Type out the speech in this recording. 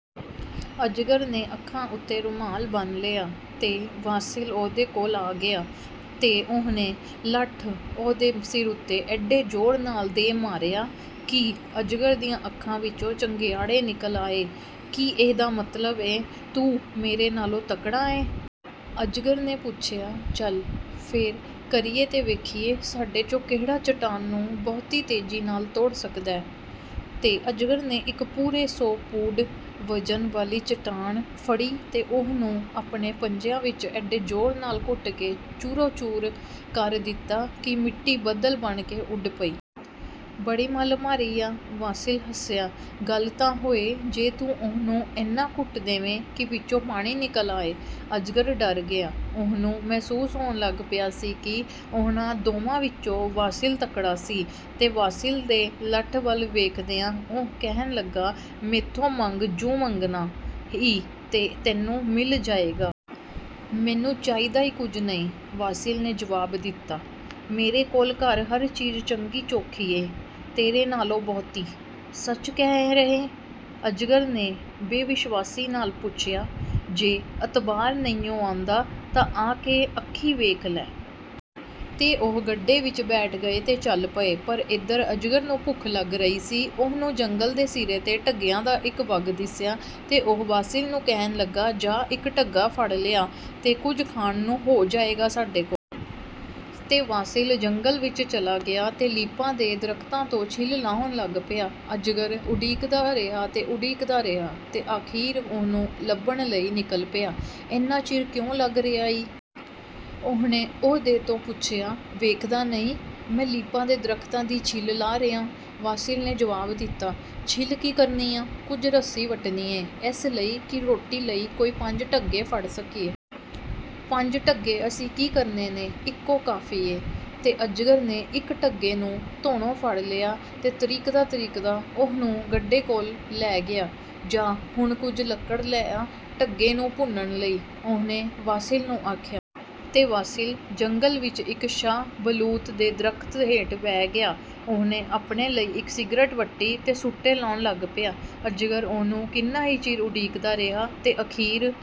ਅਜਗਰ ਨੇ ਅੱਖਾਂ ਉੱਤੇ ਰੁਮਾਲ ਬੰਨ੍ਹ ਲਿਆ, ਤੇ ਵਾਸੀਲ ਉਹਦੇ ਕੋਲ ਆ ਗਿਆ ਤੇ ਉਹਨੇ ਲੱਠ ਉਹਦੇ ਸਿਰ ਉੱਤੇ ਏਡੇ ਜ਼ੋਰ ਨਾਲ ਦੇ ਮਾਰਿਆ ਕਿ ਅਜਗਰ ਦੀਆਂ ਅੱਖਾਂ ਵਿਚੋਂ ਚੰਗਿਆੜੇ ਨਿਕਲ ਆਏ। “ਕੀ ਇਹਦਾ ਮਤਲਬ ਏ, ਤੂੰ ਮੇਰੇ ਨਾਲੋਂ ਤਕੜਾ ਏ?” ਅਜਗਰ ਨੇ ਪੁੱਛਿਆ। “ਚਲ, ਫੇਰ ਕਰੀਏ ਤੇ ਵੇਖੀਏ ਸਾਡੇ ’ਚੋਂ ਕਿਹੜਾ ਚਟਾਨ ਨੂੰ ਬਹੁਤੀ ਤੇਜ਼ੀ ਨਾਲ ਤੋੜ ਸਕਦੈ।” ਤੇ ਅਜਗਰ ਨੇ ਇੱਕ ਪੂਰੇ ਸੌ ਪੂਡ ਵਜ਼ਨ ਵਾਲੀ ਚਟਾਨ ਫੜੀ ਤੇ ਉਹਨੂੰ ਆਪਣੇ ਪੰਜਿਆਂ ਵਿੱਚ ਏਡੇ ਜ਼ੋਰ ਨਾਲ ਘੁੱਟ ਕੇ ਚੂਰੋ-ਚੂਰ ਕਰ ਦਿੱਤਾ ਕਿ ਮਿੱਟੀ ਬੱਦਲ ਬਣ ਕੇ ਉੱਡ ਪਈ। “ਬੜੀ ਮੱਲ ਮਾਰੀ ਆ!” ਵਾਸੀਲ ਹੱਸਿਆ। “ਗੱਲ ਤਾਂ ਹੋਏ ਜੇ ਤੂੰ ਉਹਨੂੰ ਏਨਾ ਘੁੱਟ ਦੇਵੇਂ ਕਿ ਵਿਚੋਂ ਪਾਣੀ ਨਿਕਲ ਆਏ।” ਅਜਗਰ ਡਰ ਗਿਆ। ਉਹਨੂੰ ਮਹਿਸੂਸ ਹੋਣ ਲੱਗ ਪਿਆ ਸੀ ਕਿ ਉਹਨਾਂ ਦੋਵਾਂ ਵਿਚੋਂ ਵਾਸੀਲ ਤਕੜਾ ਸੀ, ਤੇ ਵਾਸੀਲ ਦੇ ਲੱਠ ਵੱਲ ਵੇਖਦਿਆਂ ਉਹ ਕਹਿਣ ਲੱਗਾ, “ਮੈਥੋਂ ਮੰਗ ਜੁ ਮੰਗਣਾ ਈਂ, ਤੇ ਤੈਨੂੰ ਮਿਲ ਜਾਏਗਾ।” “ਮੈਨੂੰ ਚਾਹੀਦਾ ਈ ਕੁਝ ਨਹੀਂ,” ਵਾਸੀਲ ਨੇ ਜਵਾਬ ਦਿੱਤਾ। “ਮੇਰੇ ਕੋਲ ਘਰ ਹਰ ਚੀਜ਼ ਚੰਗੀ-ਚੋਖੀ ਏ, ਤੇਰੇ ਨਾਲੋਂ ਬਹੁਤੀ।” “ਸੱਚ ਕਹਿ ਰਿਹੈਂ?” ਅਜਗਰ ਨੇ ਬੇਵਿਸ਼ਵਾਸੀ ਨਾਲ ਪੁੱਛਿਆ। “ਜੇ ਅਤਬਾਰ ਨਹੀਂਉਂ ਆਉਂਦਾ, ਤਾਂ ਆ ਤੇ ਅੱਖੀਂ ਵੇਖ ਲੈ!” ਤੇ ਉਹ ਗੱਡੇ ਵਿੱਚ ਬੈਠ ਗਏ ਤੇ ਚੱਲ ਪਏ। ਪਰ ਏਧਰ ਅਜਗਰ ਨੂੰ ਭੁੱਖ ਲੱਗ ਰਹੀ ਸੀ। ਉਹਨੂੰ ਜੰਗਲ ਦੇ ਸਿਰੇ ’ਤੇ ਢੱਗਿਆਂ ਦਾ ਇੱਕ ਵੱਗ ਦਿਸਿਆ ਤੇ ਉਹ ਵਾਸੀਲ ਨੂੰ ਕਹਿਣ ਲੱਗਾ, “ਜਾ, ਇੱਕ ਢੱਗਾ ਫੜ ਲਿਆ, ਤੇ ਕੁਝ ਖਾਣ ਨੂੰ ਹੋ ਜਾਏਗਾ ਸਾਡੇ ਕੋਲ। ਤੇ ਵਾਸੀਲ ਜੰਗਲ ਵਿੱਚ ਚਲਾ ਗਿਆ ਤੇ ਲੀਪਾ ਦੇ ਦਰਖ਼ਤਾਂ ਤੋਂ ਛਿੱਲ ਲਾਹੁਣ ਲੱਗ ਪਿਆ। ਅਜਗਰ ਉਡੀਕਦਾ ਰਿਹਾ ਤੇ ਉਡੀਕਦਾ ਰਿਹਾ ਤੇ ਅਖ਼ੀਰ ਉਹਨੂੰ ਲੱਭਣ ਲਈ ਨਿਕਲ ਪਿਆ। “ਏਨਾ ਚਿਰ ਕਿਉਂ ਲੱਗ ਰਿਹਾ ਈ?” ਉਹਨੇ ਉਹਦੇ ਤੋਂ ਪੁੱਛਿਆ। “ਵੇਖਦਾ ਨਹੀਂ, ਮੈਂ ਲੀਪਾ ਦੇ ਦਰਖ਼ਤਾਂ ਦੀ ਛਿੱਲ ਲਾਹ ਰਿਹਾਂ,” ਵਾਸੀਲ ਨੇ ਜਵਾਬ ਦਿੱਤਾ। “ਛਿੱਲ ਕੀ ਕਰਨੀ ਆਂ?” “ਕੁਝ ਰੱਸੀ ਵੱਟਣੀ ਏ, ਏਸ ਲਈ ਕਿ ਰੋਟੀ ਲਈ ਕੋਈ ਪੰਜ ਢੱਗੇ ਫੜ ਸਕੀਏ।” “ਪੰਜ ਢੱਗੇ ਅਸੀਂ ਕੀ ਕਰਨੇ ਨੇ? ਇਕੋ ਕਾਫ਼ੀ ਏ।” ਤੇ ਅਜਗਰ ਨੇ ਇੱਕ ਢੱਗੇ ਨੂੰ ਧੌਣੋਂ ਫੜ ਲਿਆ ਤੇ ਧਰੀਕਦਾ-ਧਰੀਕਦਾ ਉਹਨੂੰ ਗੱਡੇ ਕੋਲ ਲੈ ਗਿਆ। "ਜਾ, ਹੁਣ ਕੁਝ ਲੱਕੜ ਲੈ ਆ, ਢੱਗੇ ਨੂੰ ਭੁੰਨਣ ਲਈ,” ਉਹਨੇ ਵਾਸੀਲ ਨੂੰ ਆਖਿਆ। ਤੇ ਵਾਸੀਲ ਜੰਗਲ ਵਿੱਚ ਇੱਕ ਸ਼ਾਹ-ਬਲੂਤ ਦੇ ਦਰਖ਼ਤ ਹੇਠ ਬਹਿ ਗਿਆ। ਉਹਨੇ ਆਪਣੇ ਲਈ ਇੱਕ ਸਿਗਰਟ ਵੱਟੀ ਤੇ ਸੂਟੇ ਲਾਉਣ ਲੱਗ ਪਿਆ। ਅਜਗਰ ਉਹਨੂੰ ਕਿੰਨਾ ਹੀ ਚਿਰ ਉਡੀਕਦਾ ਰਿਹਾ, ਤੇ ਅਖ਼ੀਰ